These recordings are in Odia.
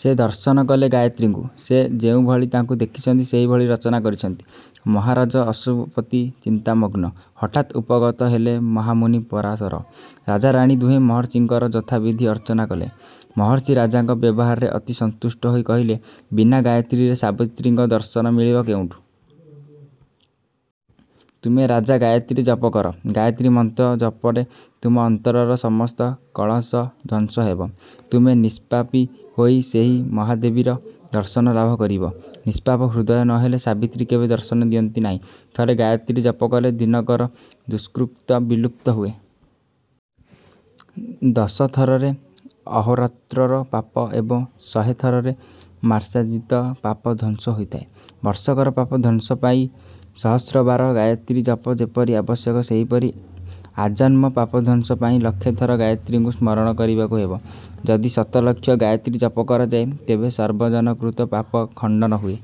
ସେ ଦର୍ଶନ କଲେ ଗାୟତ୍ରୀଙ୍କୁ। ସେ ଯେଉଁଭଳି ତାଙ୍କୁ ଦେଖିଛନ୍ତି ସେହିଭଳି ରଚନା କରିଛନ୍ତି। ମହାରାଜ ଅଶ୍ୱପତି ଚିନ୍ତାମଗ୍ନ। ହଠାତ୍ ଉପଗତ ହେଲେ ମହାମୁନି ପରାଶର। ରାଜାରାଣୀ ଦୁହେଁ ମହର୍ଷିଙ୍କର ଯଥାବିଧି ଅର୍ଚ୍ଚନା କଲେ। ମହର୍ଷି ରାଜାଙ୍କ ବ୍ୟବହାରରେ ଅତି ସନ୍ତୁଷ୍ଟ ହୋଇ କହିଲେ, ବିନା ଗାୟତ୍ରୀରେ ସାବିତ୍ରୀଙ୍କ ଦର୍ଶନ ମିଳିବ କେଉଁଠୁ-? ତୁମେ ରାଜା ଗାୟତ୍ରୀ ଜପ କର। ଗାୟତ୍ରୀ ମନ୍ତ୍ର ଜପରେ ତୁମ ଅନ୍ତରର ସମସ୍ତ କଳ୍ମଷ ଧ୍ୱଂସ ହେବ। ତୁମେ ନିଷ୍ପାପି ହୋଇ ସେହି ମହାଦେବୀର ଦର୍ଶନ ଲାଭ କରିବ। ନିଷ୍ପାପ ହୃଦୟ ନହେଲେ ସାବିତ୍ରୀ କେବେ ଦର୍ଶନ ଦିଅନ୍ତି ନାହିଁ। ଥରେ ଗାୟତ୍ରୀ ଜପକଲେ ଦିନକର ଦୁଷ୍କୃତ ବିଲୁପ୍ତ ହୁଏ। ଦଶଥରରେ ଅହୋରାତ୍ରର ପାପ ଏବଂ ଶହେଥରରେ ମାସାର୍ଜିତ ପାପ ଧ୍ୱଂସ ହୋଇଥାଏ। ବର୍ଷକର ପାପ ଧ୍ୱଂସ ପାଇଁ ସହସ୍ରବାର ଗାୟତ୍ରୀ ଜପ ଯେପରି ଆବଶ୍ୟକ ସେହିପରି ଆଜନ୍ମ ପାପଧ୍ୱଂସ ପାଇଁ ଲକ୍ଷେଥର ଗାୟତ୍ରୀଙ୍କୁ ସ୍ମରଣ କରିବାକୁ ହେବ। ଯଦି ଶତଲକ୍ଷ ଗାୟତ୍ରୀ ଜପ କରାଯାଏ ତେବେ ସର୍ବଜନକୃତ ପାପ ଖଣ୍ଡନ ହୁଏ।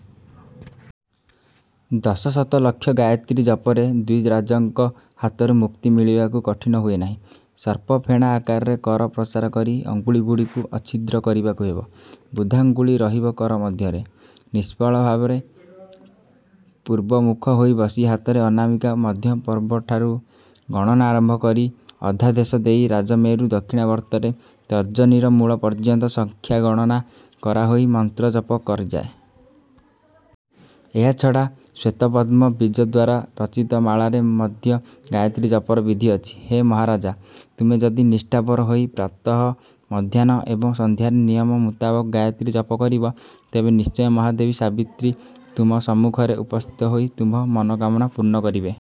ଦଶଶତ ଲକ୍ଷ ଗାୟତ୍ରୀ ଜପରେ ଦ୍ୱିଜରାଜଙ୍କ ହାତରୁ ମୁକ୍ତି ମିଳିବାକୁ କଠିନ ହୁଏ ନାହିଁ। ସର୍ପଫେଣା ଆକାରରେ କର ପ୍ରସାର କରି ଅଙ୍ଗୁଳିଗୁଡ଼ିକୁ ଅଛିଦ୍ର କରିବାକୁ ହେବ। ବୃଦ୍ଧାଙ୍ଗୁଳି ରହିବ କର ମଧ୍ୟରେ। ନିଶ୍ଚଳଭାବେ ପୂର୍ବମୁଖ ହୋଇ ବସି ହାତର ଅନାମିକା ମଧ୍ୟପର୍ବଠାରୁ ଗଣନା ଆରମ୍ଭ କରି ଅଧୋଦେଶ ଦେଇ ରାଜମେରୁ ଦକ୍ଷିଣାବର୍ତ୍ତରେ ତର୍ଜନୀର ମୂଳ ପର୍ଯ୍ୟନ୍ତ ସଂଖ୍ୟା ଗଣନା କରାହୋଇ ମନ୍ତ୍ର ଜପ କରାଯାଏ। ଏହାଛଡ଼ା ଶ୍ୱେତପଦ୍ମ ବୀଜଦ୍ୱାରା ରଚିତ ମାଳାରେ ମଧ୍ୟ ଗାୟତ୍ରୀ ଜପର ବିଧି ଅଛି। ହେ ମହାରାଜ! ତୁମେ ଯଦି ନିଷ୍ଠାପର ହୋଇ ପ୍ରାତଃ, ମଧ୍ରାହ୍ନ ଏବଂ ସଂନ୍ଧ୍ୟାରେ ନିୟମ ମୁତାବକ ଗାୟତ୍ରୀ ଜପ କରିବ ତେବେ ନିଶ୍ଚୟ ମହାଦେବୀ ସାବିତ୍ରୀ ତୁମ ସମ୍ମୁଖରେ ଉପସ୍ଥିତ ହୋଇ ତୁମ୍ଭ ମନୋକାମନା ପୂର୍ଣ୍ଣ କରିବେ।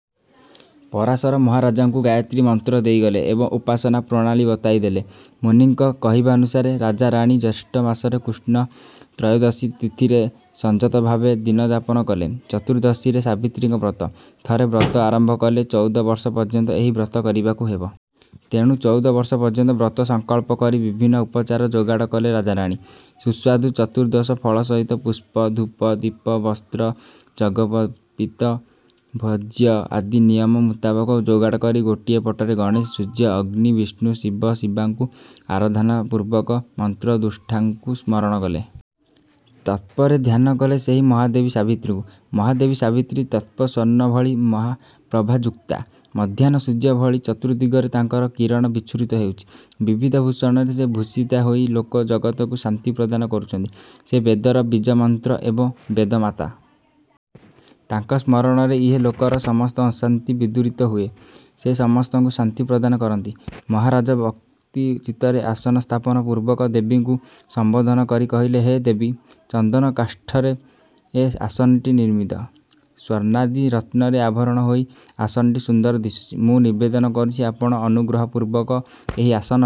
ପରାଶର ମହାରାଜଙ୍କୁ ଗାୟତ୍ରୀ ମନ୍ତ୍ର ଦେଇଗଲେ ଏବଂ ଉପାସନା ପ୍ରଣାଳୀ ବତାଇ ଦେଲେ। ମୁନିଙ୍କ କହିବାନୁସାରେ ରାଜା ରାଣୀ ଜ୍ୟେଷ୍ଠ ମାସର କୃଷ୍ଣ ତ୍ରୟୋଦଶୀ ତିଥିରେ ସଂଯତ ଭାବେ ଦିନଯାପନ କଲେ। ଚତୁର୍ଦ୍ଦଶୀରେ ସାବିତ୍ରୀଙ୍କ ବ୍ରତ। ଥରେ ବ୍ରତ ଆରମ୍ଭ କଲେ ଚଉଦ ବର୍ଷ ପର୍ଯ୍ୟନ୍ତ ଏହି ବ୍ରତ କରିବାକୁ ହେବ। ତେଣୁ ଚଉଦ ବର୍ଷ ପର୍ଯ୍ୟନ୍ତ ବ୍ରତ ସଂକଳ୍ପ କରି ବିଭିନ୍ନ ଉପଚାର ଯୋଗାଡ଼ କଲେ ରାଜାରାଣୀ। ସୁସ୍ୱାଦୁ ଚତୁର୍ଦ୍ଦଶ ଫଳ ସହିତ ପୁଷ୍ପ, ଧୂପ, ଦୀପ, ବସ୍ତ୍ର, ଯଜ୍ଞୋପବୀତ, ଭୋଜ୍ୟ ଆଦି ନିୟମ ମୁତାବକ ଯୋଗାଡ଼ କରି ଗୋଟିଏ ପଟରେ ଗଣେଣ, ସୂର୍ଯ୍ୟ, ଅଗ୍ନି, ବିଷ୍ଣୁ, ଶିବ, ଶିବାଙ୍କୁ ଆରାଧନା ପୂର୍ବକ ମନ୍ତ୍ରଦ୍ରଷ୍ଟାଙ୍କୁ ସ୍ମରଣ କଲେ। ତତ୍ପରେ ଧ୍ୟାନକଲେ ସେହି ମହାଦେବୀ ସାବିତ୍ରୀଙ୍କୁ। ମହାଦେବୀ ସାବିତ୍ରୀ ତପ୍ତ ସ୍ୱର୍ଣ୍ଣ ଭଳି ପ୍ରଭାଯୁକ୍ତା। ମଧ୍ୟାହ୍ନ ସୂର୍ଯ୍ୟ ଭଳି ଚତୁର୍ଦ୍ଦିଗରେ ତାଙ୍କର କିରଣ ବିଚ୍ଛୁରିତ ହେଉଛି। ବିବିଧ ଭୂଷଣରେ ସେ ଭୂଷିତା ହୋଇ ଲୋକ ଜଗତକୁ ଶାନ୍ତି ପ୍ରଦାନ କରୁଛନ୍ତି। ସେ ବେଦର ବୀଜମନ୍ତ୍ର ଏବଂ ବେଦମାତା। ତାଙ୍କ ସ୍ମରଣରେ ଇହ ଲୋକର ସମସ୍ତ ଅଶାନ୍ତି ବିଦୂରିତ ହୁଏ। ସେ ସମସ୍ତଙ୍କୁ ଶାନ୍ତି ପ୍ରଦାନ କରନ୍ତି। ମହାରାଜ ଭକ୍ତି ଚିତ୍ତରେ ଆସନ ସ୍ଥାପନ ପୂର୍ବକ ଦେବୀଙ୍କୁ ସମ୍ୱୋଧନ କରି କହିଲେ-ହେ ଦେବୀ! ଚନ୍ଦନ କାଷ୍ଠରେ ଏ ଆସନଟି ନିର୍ମିତ। ସ୍ୱର୍ଣ୍ଣାଦି ରତ୍ନରେ ଆଭରଣ ହୋଇ ଆସନଟି ସୁନ୍ଦର ଦିଶୁଛି। ମୁଁ ନିବେଦନ କରୁଛି ଆପଣ ଅନୁଗ୍ରହପୂର୍ବକ ଏହି ଆସନରେ